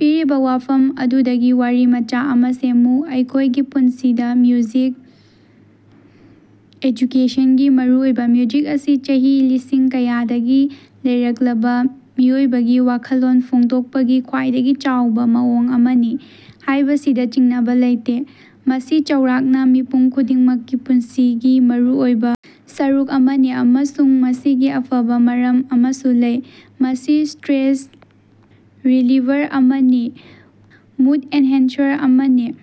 ꯄꯤꯔꯤꯕ ꯋꯥꯐꯝ ꯑꯗꯨꯗꯒꯤ ꯋꯥꯔꯤ ꯑꯃꯥ ꯁꯦꯝꯃꯨ꯫ ꯑꯩꯈꯣꯏꯒꯤ ꯄꯨꯟꯁꯤꯗ ꯃ꯭ꯌꯨꯖꯤꯛ ꯑꯦꯖꯨꯀꯦꯁꯟꯒꯤ ꯃꯔꯨꯑꯣꯏꯕ꯫ ꯃ꯭ꯌꯨꯖꯤꯛ ꯑꯁꯤ ꯆꯍꯤ ꯂꯤꯁꯤꯡ ꯀꯌꯥꯗꯒꯤ ꯂꯩꯔꯛꯂꯕ ꯃꯤꯑꯣꯏꯕꯒꯤ ꯋꯥꯈꯜꯂꯣꯟ ꯐꯣꯡꯗꯣꯛꯄꯒꯤ ꯈ꯭ꯋꯥꯏꯗꯒꯤ ꯆꯥꯎꯕ ꯃꯑꯣꯡ ꯑꯃꯅꯤ ꯍꯥꯏꯕꯁꯤꯗ ꯆꯤꯡꯅꯕ ꯂꯩꯇꯦ꯫ ꯃꯁꯤ ꯆꯥꯎꯔꯥꯛꯅ ꯃꯤꯄꯨꯝ ꯈꯨꯗꯤꯡꯃꯛꯀꯤ ꯄꯨꯟꯁꯤꯒꯤ ꯃꯔꯨꯑꯣꯏꯕ ꯁꯔꯨꯛ ꯑꯃꯅꯤ, ꯑꯃꯁꯨꯡ ꯃꯁꯤꯒꯤ ꯑꯐꯕ ꯃꯔꯝ ꯑꯃꯁꯨ ꯂꯩ꯫ ꯃꯁꯤ ꯁ꯭ꯇꯔꯦꯁ ꯔꯤꯂꯤꯚꯔ ꯑꯃꯅꯤ, ꯃꯨꯗ ꯑꯦꯟꯍꯥꯟꯁꯔ ꯑꯃꯅꯤ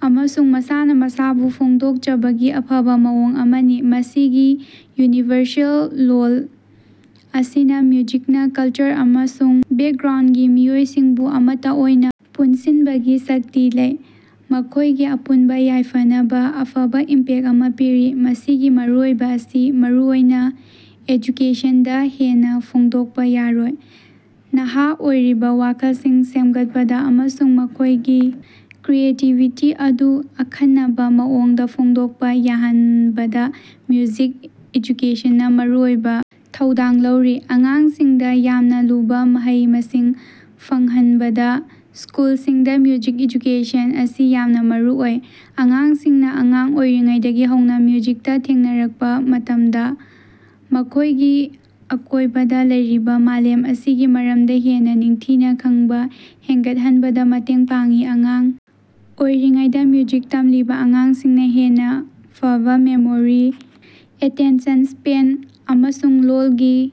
ꯑꯃꯁꯨꯡ ꯃꯁꯥꯅ ꯃꯁꯥꯕꯨ ꯐꯣꯡꯗꯣꯛꯆꯕꯒꯤ ꯑꯐꯕ ꯃꯑꯣꯡ ꯑꯃꯅꯤ꯫ ꯃꯁꯤꯒꯤ ꯌꯨꯅꯤꯚꯔꯁꯦꯜ ꯂꯣꯜ ꯑꯁꯤꯅ ꯃ꯭ꯌꯨꯖꯤꯛꯅ ꯀꯜꯆꯔ ꯑꯃꯁꯨꯡ ꯕꯦꯛꯒ꯭ꯔꯥꯎꯟꯒꯤ ꯃꯤꯑꯣꯏꯁꯤꯡꯕꯨ ꯑꯃꯠꯇ ꯑꯣꯏꯅ ꯄꯨꯟꯁꯤꯟꯕꯒꯤ ꯁꯛꯇꯤ ꯂꯩ, ꯃꯈꯣꯏꯒꯤ ꯑꯄꯨꯟꯕ ꯌꯥꯏꯐꯅꯕ ꯑꯐꯕ ꯏꯝꯄꯦꯛ ꯑꯃꯥ ꯄꯤꯔꯤ꯫ ꯃꯁꯤꯒꯤ ꯃꯔꯨꯑꯣꯏꯕ ꯑꯁꯤ ꯃꯔꯨꯑꯣꯏꯅ ꯑꯦꯖꯨꯀꯦꯁꯟꯗ ꯍꯦꯟꯅ ꯐꯣꯡꯗꯣꯛꯄ ꯌꯥꯔꯣꯏ꯫ ꯅꯍꯥ ꯑꯣꯏꯔꯤꯕ ꯋꯥꯈꯜꯁꯤꯡ ꯁꯦꯝꯒꯠꯄꯗ ꯑꯃꯁꯨꯡ ꯃꯈꯣꯏꯒꯤ ꯀ꯭ꯔꯤꯌꯦꯇꯤꯕꯤꯇꯤ ꯑꯗꯨ ꯑꯈꯟꯅꯕ ꯃꯑꯣꯡꯗ ꯐꯣꯡꯗꯣꯛꯄ ꯌꯥꯍꯟꯕꯗ ꯃ꯭ꯌꯨꯖꯤꯛ ꯑꯦꯖꯨꯀꯦꯁꯟꯅ ꯃꯔꯨꯑꯣꯏꯕ ꯊꯧꯗꯥꯡ ꯂꯧꯔꯤ꯫ ꯑꯉꯥꯡꯁꯤꯡꯗ ꯌꯥꯝꯅ ꯂꯨꯕ ꯃꯍꯩ-ꯃꯁꯤꯡ ꯐꯪꯍꯟꯕꯗ ꯁ꯭ꯀꯨꯜꯁꯤꯡꯗ ꯃ꯭ꯌꯨꯖꯤꯛ ꯑꯦꯖꯨꯀꯦꯁꯟ ꯑꯁꯤ ꯌꯥꯝꯅ ꯃꯔꯨꯑꯣꯏ꯫ ꯑꯉꯥꯡꯁꯤꯡꯅ ꯑꯉꯥꯡ ꯑꯣꯏꯔꯤꯉꯩꯗꯒꯤ ꯍꯧꯅ ꯃ꯭ꯌꯨꯖꯤꯛꯇ ꯊꯦꯡꯅꯔꯛꯄ ꯃꯇꯝꯗ, ꯃꯈꯣꯏꯒꯤ ꯑꯀꯣꯏꯕꯗ ꯂꯩꯔꯤꯕ ꯃꯥꯂꯦꯝ ꯑꯁꯤꯒꯤ ꯃꯔꯝꯗ ꯍꯦꯟꯅ ꯅꯤꯡꯊꯤꯅ ꯈꯪꯕ ꯍꯦꯟꯒꯠꯍꯟꯕꯗ ꯃꯇꯦꯡ ꯄꯥꯡꯏ꯫ ꯑꯉꯥꯡ ꯑꯣꯏꯔꯤꯉꯩꯗꯥ ꯃ꯭ꯌꯨꯖꯤꯛ ꯇꯝꯂꯤꯕ ꯑꯉꯥꯡꯁꯤꯡꯅ ꯍꯦꯟꯅ ꯐꯕꯥ ꯃꯦꯃꯣꯔꯤ, ꯑꯦꯇꯦꯟꯁꯟ ꯁ꯭ꯄꯦꯟ, ꯑꯃꯁꯨꯡ ꯂꯣꯜꯒꯤ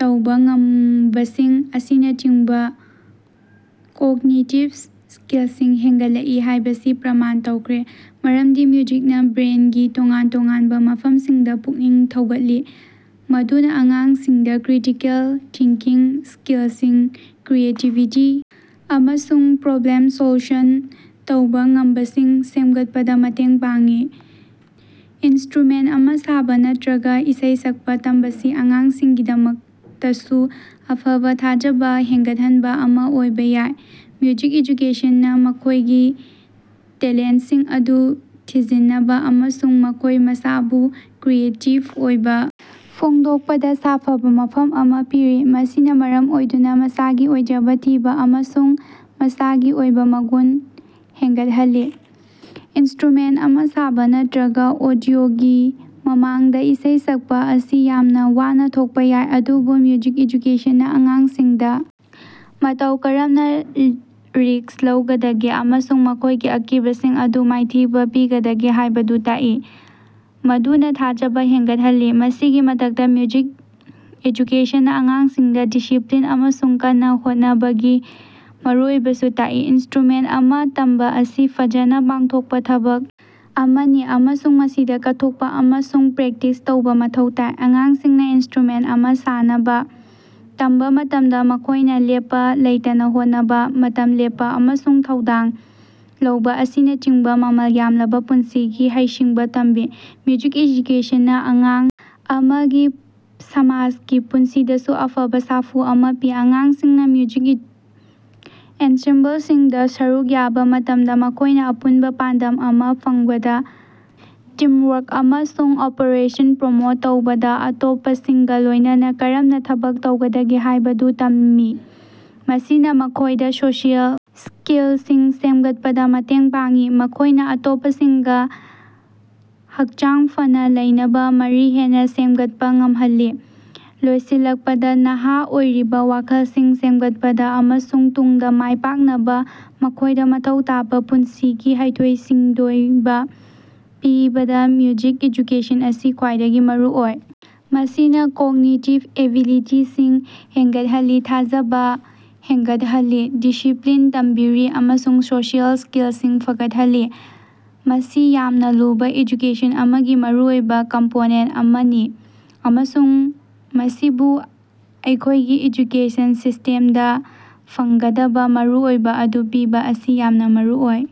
ꯇꯧꯕ ꯉꯝꯕꯁꯤꯡ ꯑꯁꯤꯅꯆꯤꯡꯕ ꯀꯣꯒꯅꯤꯇꯤꯚ ꯁ꯭ꯀꯤꯜꯁꯤꯡ ꯍꯦꯟꯒꯠꯂꯛꯏ ꯍꯥꯏꯕꯁꯤ ꯄ꯭ꯔꯃꯥꯟ ꯇꯧꯈ꯭ꯔꯦ꯫ ꯃꯔꯝꯗꯤ ꯃ꯭ꯌꯨꯖꯤꯛꯅ ꯕ꯭ꯔꯦꯟꯒꯤ ꯇꯣꯉꯥꯟ-ꯇꯣꯉꯥꯟꯕ ꯃꯐꯝꯁꯤꯡꯗ ꯄꯨꯛꯅꯤꯡ ꯊꯧꯒꯠꯂꯤ, ꯃꯗꯨꯅ ꯑꯉꯥꯡꯁꯤꯡꯗ ꯀ꯭ꯔꯤꯇꯤꯀꯦꯜ ꯊꯤꯡꯀꯤꯡ ꯁ꯭ꯀꯤꯜꯁꯤꯡ, ꯀ꯭ꯔꯤꯌꯦꯇꯤꯚꯤꯇꯤ ꯑꯃꯁꯨꯡ ꯄ꯭ꯔꯣꯕ꯭ꯂꯦꯝ ꯁꯣꯜꯌꯨꯁꯟ ꯇꯧꯕ ꯉꯝꯕꯁꯤꯡ ꯁꯦꯝꯒꯠꯄꯗ ꯃꯇꯦꯡ ꯄꯥꯡꯏ꯫ ꯏꯟꯁ꯭ꯇꯔꯨꯃꯦꯟ ꯑꯃꯥ ꯁꯥꯕ ꯅꯠꯇꯔꯒ ꯏꯁꯩ ꯁꯛꯄ ꯇꯝꯕꯁꯤ ꯑꯉꯥꯡꯁꯤꯡꯒꯤꯗꯃꯛꯇꯁꯨ ꯑꯐꯕ ꯊꯥꯖꯕ ꯍꯦꯟꯒꯠꯍꯟꯕ ꯑꯃꯥ ꯑꯣꯏꯕ ꯌꯥꯏ꯫ ꯃ꯭ꯌꯨꯖꯤꯛ ꯑꯦꯖꯨꯀꯦꯁꯟꯅ ꯃꯈꯣꯏꯒꯤ ꯇꯦꯂꯦꯟꯁꯤꯡ ꯑꯗꯨ ꯊꯤꯖꯤꯟꯅꯕ ꯑꯃꯁꯨꯡ ꯃꯈꯣꯏ ꯃꯁꯥꯕꯨ ꯀ꯭ꯔꯤꯌꯦꯇꯤꯕ ꯑꯣꯏꯕ ꯐꯣꯡꯗꯣꯛꯄꯗ ꯁꯥꯐꯕ ꯃꯐꯝ ꯑꯃ ꯄꯤꯔꯤ, ꯃꯁꯤꯅ ꯃꯔꯝ ꯑꯣꯏꯗꯨꯅ ꯃꯁꯥꯒꯤ ꯑꯣꯏꯖꯕ ꯊꯤꯕ ꯑꯃꯁꯨꯡ ꯃꯁꯥꯒꯤ ꯑꯣꯏꯕ ꯃꯒꯨꯟ ꯍꯦꯟꯒꯠꯍꯜꯂꯤ꯫ ꯏꯟꯁꯇ꯭ꯔꯨꯃꯦꯟ ꯑꯃꯥ ꯁꯥꯕ ꯅꯠꯇꯔꯒ ꯑꯣꯗꯤꯑꯣꯒꯤ ꯃꯃꯥꯡꯗ ꯏꯁꯩ ꯁꯛꯄ ꯑꯁꯤ ꯌꯥꯝꯅ ꯋꯥꯅ ꯊꯣꯛꯄ ꯌꯥꯏ, ꯑꯗꯨꯕꯨ ꯃ꯭ꯌꯨꯖꯤꯛ ꯑꯦꯖꯨꯀꯦꯁꯟꯅ ꯑꯉꯥꯡꯁꯤꯡꯗ ꯃꯇꯧ ꯀꯔꯝꯅ ꯔꯤꯛ꯭ꯁ ꯂꯧꯒꯗꯒꯦ ꯑꯃꯁꯨꯡ ꯃꯈꯣꯏꯒꯤ ꯑꯀꯤꯕꯁꯤꯡ ꯑꯗꯨ ꯃꯥꯏꯊꯤꯕ ꯄꯤꯒꯗꯒꯦ ꯍꯥꯏꯕꯗꯨ ꯇꯥꯛꯏ, ꯃꯗꯨꯅ ꯊꯥꯖꯕ ꯍꯦꯟꯒꯠꯍꯜꯂꯤ꯫ ꯃꯁꯤꯒꯤ ꯃꯊꯛꯇ, ꯃ꯭ꯌꯨꯖꯤꯛ ꯑꯦꯖꯨꯀꯦꯁꯟꯅ ꯑꯉꯥꯡꯁꯤꯡꯗ ꯗꯤꯁꯤꯄ‌꯭ꯂꯤꯟ ꯑꯃꯁꯨꯡ ꯀꯟꯅ ꯍꯣꯠꯅꯕꯒꯤ ꯃꯔꯨꯑꯣꯏꯕꯁꯨ ꯇꯥꯛꯏ꯫ ꯏꯟꯁ꯭ꯇꯔꯨꯃꯦꯟ ꯑꯃꯥ ꯇꯝꯕ ꯑꯁꯤ ꯐꯖꯅ ꯄꯥꯡꯊꯣꯛꯄ ꯊꯕꯛ ꯑꯃꯅꯤ ꯑꯃꯁꯨꯡ ꯃꯁꯤꯗ ꯀꯠꯊꯣꯛꯄ ꯑꯃꯁꯨꯡ ꯄ꯭ꯔꯦꯛꯇꯤꯁ ꯇꯧꯕ ꯃꯊꯧ ꯇꯥꯏ꯫ ꯑꯉꯥꯡꯁꯤꯡꯅ ꯏꯟꯁ꯭ꯇꯔꯨꯃꯦꯟ ꯑꯃꯥ ꯁꯥꯟꯅꯕ ꯇꯝꯕ ꯃꯇꯝꯗ, ꯃꯈꯣꯏꯅ ꯂꯦꯞꯄ ꯂꯩꯇꯅ ꯍꯣꯠꯅꯕ, ꯃꯇꯝ ꯂꯦꯞꯄ ꯑꯃꯁꯨꯡ ꯊꯧꯗꯥꯡ ꯂꯧꯕ ꯑꯁꯤꯅꯆꯤꯡꯕ ꯃꯃꯜ ꯌꯥꯝꯂꯕ ꯄꯨꯟꯁꯤꯒꯤ ꯍꯩꯁꯤꯡꯕ ꯇꯝꯃꯤ꯫ ꯃ꯭ꯌꯨꯖꯤꯛ ꯑꯦꯖꯨꯀꯦꯁꯟꯅ ꯑꯉꯥꯡ ꯑꯃꯒꯤ ꯁꯃꯥꯖꯒꯤ ꯄꯨꯟꯁꯤꯗꯁꯨ ꯑꯐꯕ ꯁꯥꯐꯨ ꯑꯃꯥ ꯄꯤ꯫ ꯑꯉꯥꯡꯁꯤꯡꯅ ꯃ꯭ꯌꯨꯖꯤꯛ ꯑꯦꯟꯁꯦꯝꯕꯜꯁꯤꯡꯗ ꯁꯔꯨꯛ ꯌꯥꯕ ꯃꯇꯝꯗ, ꯃꯈꯣꯏꯅ ꯑꯄꯨꯟꯕ ꯄꯥꯟꯗꯝ ꯑꯃꯥ ꯐꯪꯕꯗ, ꯇꯤꯝꯋꯥꯔꯛ ꯑꯃꯁꯨꯡ ꯀꯣꯑꯣꯄꯔꯦꯁꯟ ꯄ꯭ꯔꯃꯣꯠ ꯇꯧꯕꯗ ꯑꯇꯣꯞꯄꯁꯤꯡꯒ ꯂꯣꯏꯅꯅꯥ ꯀꯔꯝꯅ ꯊꯕꯛ ꯇꯧꯒꯗꯒꯦ ꯍꯥꯏꯕꯗꯨ ꯇꯝꯃꯤ꯫ ꯃꯁꯤꯅ ꯃꯈꯣꯏꯗ ꯁꯣꯁꯤꯑꯦꯜ ꯁ꯭ꯀꯤꯜꯁꯤꯡ ꯁꯦꯝꯒꯠꯄꯗ ꯃꯇꯦꯡ ꯄꯥꯡꯏ, ꯃꯈꯣꯏꯅ ꯑꯇꯣꯞꯄꯁꯤꯡꯒ ꯍꯛꯆꯥꯡ ꯐꯅꯥ ꯂꯩꯅꯕ ꯃꯔꯤ ꯍꯦꯟꯅ ꯁꯦꯝꯒꯠꯄꯥ ꯉꯝꯍꯜꯂꯤ꯫ ꯂꯣꯏꯁꯤꯜꯂꯛꯄꯗ, ꯅꯍꯥ ꯑꯣꯏꯔꯤꯕꯥ ꯋꯥꯈꯜꯁꯤꯡ ꯁꯦꯝꯒꯠꯄꯗ ꯑꯃꯁꯨꯡ ꯇꯨꯡꯗ ꯃꯥꯏ ꯄꯥꯛꯅꯕ ꯃꯈꯣꯏꯗ ꯃꯊꯧ ꯇꯥꯕ ꯄꯨꯟꯁꯤꯒꯤ ꯍꯩꯊꯣꯏ-ꯁꯤꯡꯊꯣꯏꯕ ꯄꯤꯕꯗ ꯃ꯭ꯌꯨꯖꯤꯛ ꯑꯦꯖꯨꯀꯦꯁꯟ ꯑꯁꯤ ꯈ꯭ꯋꯥꯏꯗꯒꯤ ꯃꯔꯨꯑꯣꯏ꯫ ꯃꯁꯤꯅ ꯀꯣꯒꯅꯤꯇꯤꯚ ꯑꯦꯕꯤꯂꯤꯇꯤꯁꯤꯡ ꯍꯦꯟꯒꯠꯍꯜꯂꯤ, ꯊꯥꯖꯕ ꯍꯦꯟꯒꯠꯍꯜꯂꯤ, ꯗꯤꯁꯤꯄ꯭ꯂꯤꯟ ꯇꯝꯕꯤꯔꯤ ꯑꯃꯁꯨꯡ ꯁꯣꯁꯤꯑꯦꯜ ꯁ꯭ꯀꯤꯜꯁꯤꯡ ꯐꯒꯠꯍꯜꯂꯤ꯫ ꯃꯁꯤ ꯌꯥꯝꯅ ꯂꯨꯕ ꯑꯦꯖꯨꯀꯦꯁꯟ ꯑꯃꯒꯤ ꯃꯔꯨꯑꯣꯏꯕ ꯀꯝꯄꯣꯅꯦꯟ ꯑꯃꯅꯤ, ꯑꯃꯁꯨꯡ ꯃꯁꯤꯕꯨ ꯑꯩꯈꯣꯏꯒꯤ ꯑꯦꯖꯨꯀꯦꯁꯟ ꯁꯤꯁ꯭ꯇꯦꯝꯗ ꯐꯪꯒꯗꯕ ꯃꯔꯨꯑꯣꯏꯕ ꯑꯗꯨ ꯄꯤꯕ ꯑꯁꯤ ꯌꯥꯝꯅ ꯃꯔꯨꯑꯣꯏ꯫